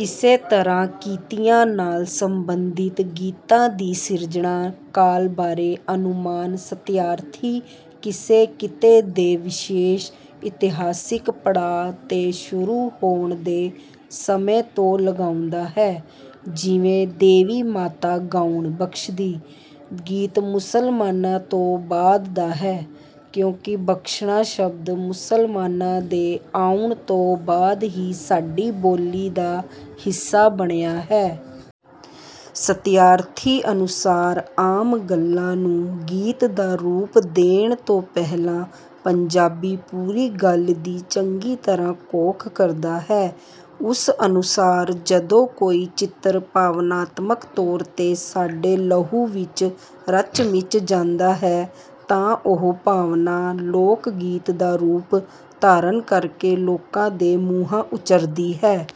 ਇਸੇ ਤਰ੍ਹਾਂ ਕਿੱਤਿਆਂ ਨਾਲ ਸੰਬੰਧਿਤ ਗੀਤਾਂ ਦੀ ਸਿਰਜਣਾ ਕਾਲ ਬਾਰੇ ਅਨੁਮਾਨ ਸਤਿਆਰਥੀ ਕਿਸੇ ਕਿੱਤੇ ਦੇ ਵਿਸ਼ੇਸ਼ ਇਤਿਹਾਸਿਕ ਪੜਾਅ ਤੇ ਸ਼ੁਰੂ ਹੋਣ ਦੇ ਸਮੇਂ ਤੋਂ ਲਗਾਉਂਦਾ ਹੈ। ਜਿਵੇਂ "ਦੇਵੀ ਮਾਤਾ ਗਾਉਣ ਬਖ਼ਸ਼ਦੀ" ਗੀਤ ਮੁਸਲਮਾਨਾਂ ਤੋਂ ਬਾਅਦ ਦਾ ਹੈ ਕਿਉਂਕਿ 'ਬਖ਼ਸ਼ਣਾ' ਸ਼ਬਦ ਮੁਸਲਮਾਨਾਂ ਦੇ ਆਉਣ ਤੋਂ ਬਾਅਦ ਹੀ ਸਾਡੀ ਬੋਲੀ ਦਾ ਹਿੱਸਾ ਬਣਿਆ ਹੈ। ਸਤਿਆਰਥੀ ਅਨੁਸਾਰ ਆਮ ਗੱਲਾਂ ਨੂੰ ਗੀਤ ਦਾ ਰੂਪ ਦੇਣ ਤੋਂ ਪਹਿਲਾਂ ਪੰਜਾਬੀ ਪੂਰੀ ਗੱਲ ਦੀ ਚੰਗੀ ਤਰ੍ਹਾਂ ਘੋਖ ਕਰਦਾ ਹੈ। ਉਸ ਅਨੁਸਾਰ ਜਦੋਂ ਕੋਈ ਚਿੱਤਰ ਭਾਵਨਾਤਮਕ ਤੌਰ ਤੇ ਸਾਡੇ ਲਹੂ ਵਿੱਚ ਰਚ ਮਿਚ ਜਾਂਦਾ ਹੈ, ਤਾਂ ਉਹ ਭਾਵਨਾ ਲੋਕ ਗੀਤ ਦਾ ਰੂਪ ਧਾਰਨ ਕਰਕੇ ਲੋਕਾਂ ਦੇ ਮੂੰਹਾਂ ਉਚਰਦੀ ਹੈ।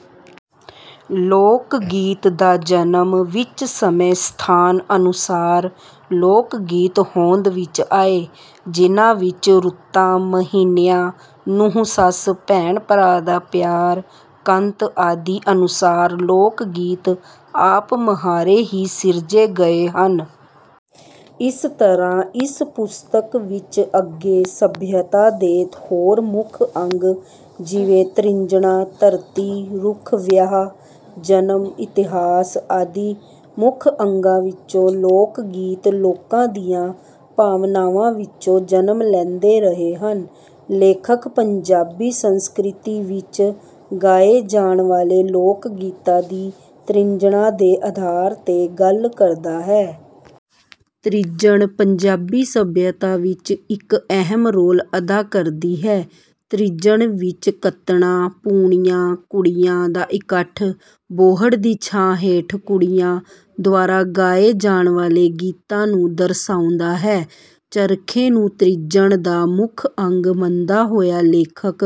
"ਲੋਕ ਗੀਤ ਦਾ ਜਨਮ" ਵਿੱਚ ਸਮੇਂ ਸਥਾਨ ਅਨੁਸਾਰ ਲੋਕ ਗੀਤ ਹੋਂਦ ਵਿੱਚ ਆਏ, ਜਿਨ੍ਹਾਂ ਵਿੱਚ ਰੁੱਤਾਂ, ਮਹੀਨਿਆਂ, ਨੂੰਹ ਸੱਸ, ਭੈਣ ਭਰਾ ਦਾ ਪਿਆਰ, ਕੰਤ ਆਦਿ ਅਨੁਸਾਰ ਲੋਕ ਗੀਤ ਆਪ ਮਹਾਰੇ ਹੀ ਸਿਰਜੇ ਗਏ ਹਨ। ਇਸ ਤਰ੍ਹਾਂ ਇਸ ਪੁਸਤਕ ਵਿੱਚ ਅੱਗੇ ਸੱਭਿਅਤਾ ਦੇ ਹੋਰ ਮੁੱਖ ਅੰਗ ਜਿਵੇਂ ਤ੍ਰਿਜਣਾਂ, ਧਰਤੀ, ਰੁੱਖ, ਵਿਆਹ, ਜਨਮ, ਇਤਿਹਾਸ ਆਦਿ ਮੁੱਖ ਅੰਗਾਂ ਵਿੱਚੋਂ ਲੋਕ ਗੀਤ ਲੋਕਾਂ ਦੀਆਂ ਭਾਵਨਾਵਾਂ ਵਿੱਚੋਂ ਜਨਮ ਲੈਂਦੇ ਰਹੇ ਹਨ। ਲੇਖਕ ਪੰਜਾਬੀ ਸੰਸਕ੍ਰਿਤੀ ਵਿੱਚ ਗਾਏ ਜਾਣ ਵਾਲੇ ਲੋਕ ਗੀਤਾਂ ਦੀ ਤ੍ਰਿਜਣਾਂ ਦੇ ਆਧਾਰ ਤੇ ਗੱਲ ਕਰਦਾ ਹੈ। ਤ੍ਰਿਜਣ ਪੰਜਾਬੀ ਸੱਭਿਅਤਾ ਵਿੱਚ ਇੱਕ ਅਹਿਮ ਰੋਲ ਅਦਾ ਕਰਦੀ ਹੈ। ਤ੍ਰਿਜਣ ਵਿੱਚ ਕੱਤਣਾ, ਪੂਣੀਆਂ, ਕੁੜੀਆਂ ਦਾ ਇਕੱਠ, ਬੋਹੜ ਦੀ ਛਾਂ ਹੇਠ ਕੁੜੀਆਂ ਦੁਆਰਾ ਗਾਏ ਜਾਣ ਵਾਲੇ ਗੀਤਾਂ ਨੂੰ ਦਰਸਾਉਂਦਾ ਹੈ। ਚਰਖੇ ਨੂੰ ਤ੍ਰਿਜਣ ਦਾ ਮੁੱਖ ਅੰਗ ਮੰਨਦਾ ਹੋਇਆ ਲੇਖਕ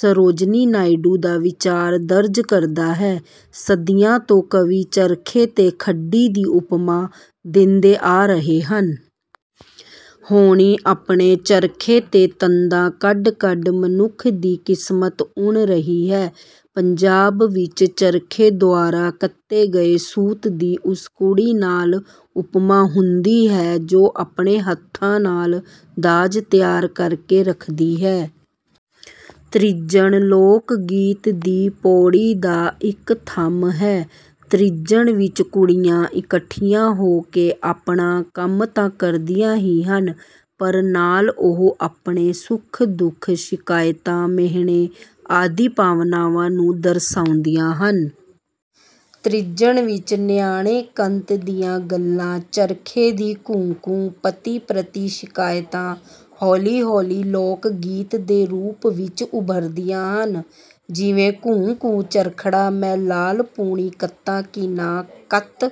ਸਰੋਜਨੀ ਨਾਇਡੂ ਦਾ ਵਿਚਾਰ ਦਰਜ ਕਰਦਾ ਹੈ: "ਸਦੀਆਂ ਤੋਂ ਕਵੀ ਚਰਖੇ ਤੇ ਖੱਡੀ ਦੀ ਉਪਮਾ ਦਿੰਦੇ ਆ ਰਹੇ ਹਨ। ਹੋਣੀ ਆਪਣੇ ਚਰਖੇ ਤੇ ਤੰਦਾਂ ਕੱਢ ਕੱਢ ਮਨੁੱਖ ਦੀ ਕਿਸਮਤ ਉਣ ਰਹੀ ਹੈ।" ਪੰਜਾਬ ਵਿੱਚ ਚਰਖੇ ਦੁਆਰਾ ਕੱਤੇ ਗਏ ਸੂਤ ਦੀ ਉਸ ਕੁੜੀ ਨਾਲ ਉਪਮਾ ਹੁੰਦੀ ਹੈ ਜੋ ਆਪਣੇ ਹੱਥਾਂ ਨਾਲ ਦਾਜ ਤਿਆਰ ਕਰਕੇ ਰੱਖਦੀ ਹੈ। ਤ੍ਰਿਜਣ ਲੋਕ ਗੀਤ ਦੀ ਪੌੜੀ ਦਾ ਇੱਕ ਥੰਮ੍ਹ ਹੈ। ਤ੍ਰਿਜਣ ਵਿੱਚ ਕੁੜੀਆਂ ਇਕੱਠੀਆਂ ਹੋ ਕੇ ਆਪਣਾ ਕੰਮ ਤਾਂ ਕਰਦੀਆਂ ਹੀ ਹਨ, ਪਰ ਨਾਲ ਉਹ ਆਪਣੇ ਸੁੱਖ ਦੁੱਖ, ਸ਼ਿਕਾਇਤਾਂ, ਮੇਹਣੇ ਆਦਿ ਭਾਵਨਾਵਾਂ ਨੂੰ ਦਰਸਾਉਂਦੀਆਂ ਹਨ। ਤ੍ਰਿਜਣ ਵਿੱਚ ਨਿਆਣੇ ਕੰਤ ਦੀਆਂ ਗੱਲਾਂ, ਚਰਖੇ ਦੀ ਘੂੰ ਘੂੰ, ਪਤੀ ਪ੍ਰਤੀ ਸ਼ਿਕਾਇਤਾਂ ਹੌਲੀ ਹੌਲੀ ਲੋਕ ਗੀਤ ਦੇ ਰੂਪ ਵਿੱਚ ਉਭਰਦੀਆਂ ਹਨ। ਜਿਵੇਂ "ਘੂੰ ਘੂੰ ਚਰਖੜਾ ਮੈਂ ਲਾਲ ਪੂਣੀ ਕੱਤਾਂ ਕਿ ਨਾਂ, ਕੱਤ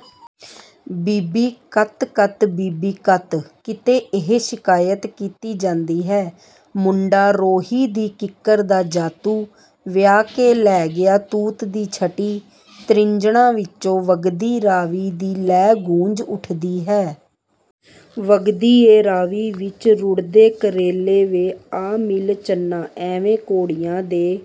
ਬੀਬੀ ਕੱਤ ਕੱਤ ਬੀਬੀ ਕੱਤ" ਕਿਤੇ ਇਹ ਸ਼ਿਕਾਇਤ ਕੀਤੀ ਜਾਂਦੀ ਹੈ: "ਮੁੰਡਾ ਰੋਹੀ ਦੀ ਕਿੱਕਰ ਦਾ ਜਾਤੂ, ਵਿਆਹ ਕੇ ਲੈ ਗਿਆ ਤੂਤ ਦੀ ਛਟੀ" ਤ੍ਰਿਜਣਾਂ ਵਿੱਚ 'ਵਗਦੀ ਰਾਵੀ' ਦੀ ਲੈ ਗੂੰਜ ਉੱਠਦੀ ਹੈ: "ਵਗਦੀ ਏ ਰਾਵੀ ਵਿੱਚ ਰੁੜ੍ਹਦੇ ਕਰੇਲੇ ਵੇ ਆ ਮਿਲ ਚੰਨਾ" ਐਵੇਂ ਘੜੀਆਂ ਦੇ